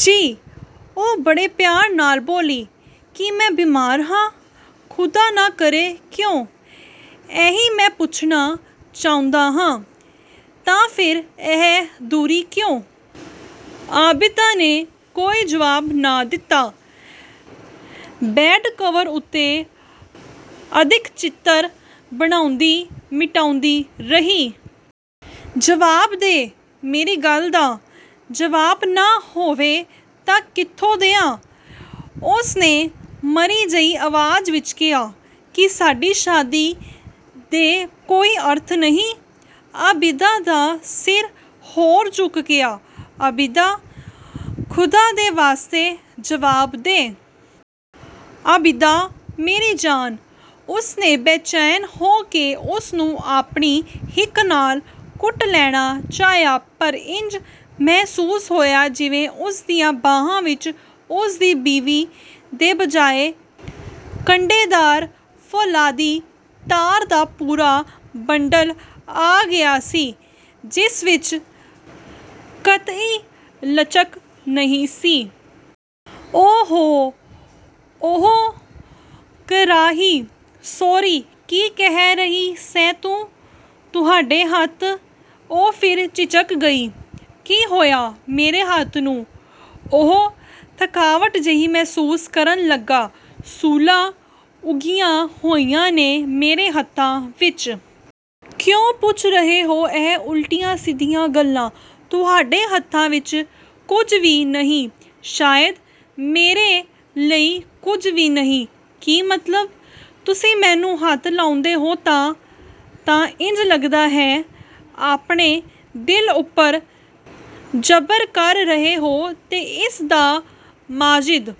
"ਜੀ?" ਉਹ ਬੜੇ ਪਿਆਰ ਨਾਲ ਬੋਲੀ। "ਕੀ ਮੈਂ ਬੀਮਾਰ ਹਾਂ?" "ਖ਼ੁਦਾ ਨਾ ਕਰੇਕਿਉਂ?" "ਇਹੀ ਮੈਂ ਪੁੱਛਣਾ ਚਾਹੁੰਦਾ ਹਾਂ, ਤਾਂ ਫਿਰ ਇਹ ਦੂਰੀ ਕਿਉਂ?"ਆਬਿਦਾ ਨੇ ਕੋਈ ਜਵਾਬ ਨਾ ਦਿੱਤਾ, ਬੈੱਡ-ਕਵਰ ਉੱਤੇ ਅਦਿੱਖ ਚਿੱਤਰ ਬਣਾਉਂਦੀ-ਮਿਟਾਉਂਦੀ ਰਹੀ। "ਜਵਾਬ ਦੇ, ਮੇਰੀ ਗੱਲ ਦਾ?" "ਜਵਾਬ ਨਾ ਹੋਵੇ ਤਾਂ ਕਿੱਥੋਂ ਦਿਆਂ?" ਉਸਨੇ ਮਰੀ ਜਿਹੀ ਆਵਾਜ਼ ਵਿੱਚ ਕਿਹਾ। "ਕੀ ਸਾਡੀ ਸ਼ਾਦੀ ਦੇ ਕੋਈ ਅਰਥ ਨਹੀਂ?" ਆਬਿਦਾ ਦਾ ਸਿਰ ਹੋਰ ਝੁਕ ਗਿਆ। "ਆਬਿਦਾ, ਖ਼ੁਦਾ ਦੇ ਵਾਸਤੇ ਜਵਾਬ ਦੇ?" "ਆਬਿਦਾ ਮੇਰੀ ਜਾਨ!" ਉਸਨੇ ਬੇਚੈਨ ਹੋ ਕੇ ਉਸਨੂੰ ਆਪਣੀ ਹਿੱਕੇ ਨਾਲ ਘੁੱਟ ਲੈਣਾ ਚਾਹਿਆ, ਪਰ ਇੰਜ ਮਹਿਸੂਸ ਹੋਇਆ ਜਿਵੇਂ ਉਸਦੀਆਂ ਬਾਹਾਂ ਵਿੱਚ ਉਸਦੀ ਬੀਵੀ ਦੇ ਬਜਾਏ ਕੰਡੇਦਾਰ ਫ਼ੌਲਾਦੀ ਤਾਰ ਦਾ ਪੂਰਾ ਬੰਡਲ ਆ ਗਿਆ ਸੀ, ਜਿਸ ਵਿੱਚ ਕਤਈ ਲਚਕ ਨਹੀਂ ਸੀ। "ਓ-ਹੋ" ਉਹ ਕਰਾਹੀ। "ਸੌਰੀ ਕੀ ਕਹਿ ਰਹੀ ਸੈਂ ਤੂੰ?" "ਤੁਹਾਡੇ ਹੱਥ" ਉਹ ਫਿਰ ਝਿਜਕ ਗਈ। "ਕੀ ਹੋਇਆ ਮੇਰੇ ਹੱਥ ਨੂੰ?" ਉਹ ਥਕਾਵਟ ਜਿਹੀ ਮਹਿਸੂਸ ਕਰਨ ਲੱਗਾ, "ਸੂਲਾਂ ਉੱਗੀਆਂ ਹੋਈਆਂ ਨੇ ਮੇਰੇ ਹੱਥਾਂ ਵਿੱਚ?" "ਕਿਉਂ ਪੁੱਛ ਰਹੇ ਹੋ ਇਹ ਉਲਟੀਆਂ-ਸਿੱਧੀਆਂ ਗੱਲਾਂ, ਤੁਹਾਡੇ ਹੱਥਾਂ ਵਿੱਚ ਕੁਝ ਵੀ ਨਹੀਂ। ਸ਼ਾਇਦ ਮੇਰੇ ਲਈ ਕੁਝ ਵੀ ਨਹੀਂ।" "ਕੀ ਮਤਲਬ?" "ਤੁਸੀਂ ਮੈਨੂੰ ਹੱਥ ਲਾਉਂਦੇ ਹੋ ਤਾਂ, ਤਾਂ ਇੰਜ ਲੱਗਦਾ ਹੈ, ਆਪਣੇ ਦਿਲ ਉੱਪਰ ਜ਼ਬਰ ਕਰ ਰਹੇ ਹੋ ਤੇ ਇਸ ਦਾ ਮਾਜਿਦ,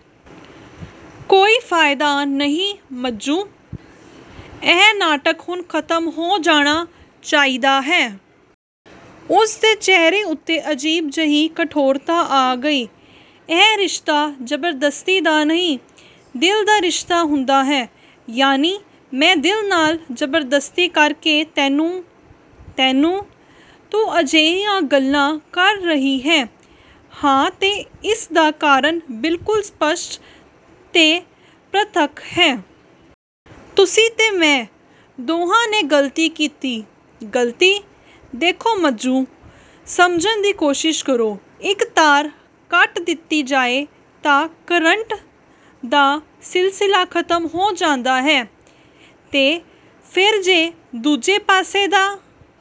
ਕੋਈ ਫਾਇਦਾ ਨਹੀਂ ਮੱਜੂ, ਇਹ ਨਾਟਕ ਹੁਣ ਖਤਮ ਹੋ ਜਾਣਾ ਚਾਹੀਦਾ ਹੈ।" ਉਸਦੇ ਚਿਹਰੇ ਉੱਤੇ ਅਜੀਬ ਜਿਹੀ ਕਠੋਰਤਾ ਆ ਗਈ, "ਇਹ ਰਿਸ਼ਤਾ ਜ਼ਬਰਦਸਤੀ ਦਾ ਨਹੀਂ, ਦਿਲ ਦਾ ਰਿਸ਼ਤਾ ਹੁੰਦਾ ਹੈ।" "ਯਾਨੀ ਮੈਂ ਦਿਲ ਨਾਲ ਜ਼ਬਰਦਸਤੀ ਕਰਕੇ ਤੈਨੂੰ! ਤੈਨੂੰ? ਤੂੰ ਅਜਿਹੀਆਂ ਗੱਲਾਂ ਕਰ ਰਹੀ ਹੈਂ।" "ਹਾਂ ਤੇ ਇਸ ਦਾ ਕਾਰਨ ਬਿਲਕੁਲ ਸਪਸ਼ਟ ਤੇ ਪ੍ਰਤੱਖ ਹੈ। ਤੁਸੀਂ ਤੇ ਮੈਂ ਦੋਹਾਂ ਨੇ ਗ਼ਲਤੀ ਕੀਤੀ ਹੈ।" "ਗ਼ਲਤੀ?" "ਦੇਖੋ ਮੱਜੂ, ਸਮਝਣ ਦੀ ਕੋਸ਼ਿਸ਼ ਕਰੋ, ਇੱਕ ਤਾਰ ਕੱਟ ਦਿੱਤਾ ਜਾਏ ਤਾਂ ਕਰੰਟ ਦਾ ਸਿਲਸਿਲਾ ਖ਼ਤਮ ਹੋ ਜਾਂਦਾ ਹੈ, ਤੇ ਫਿਰ ਜੇ, ਦੂਜੇ ਪਾਸੇ ਦਾ"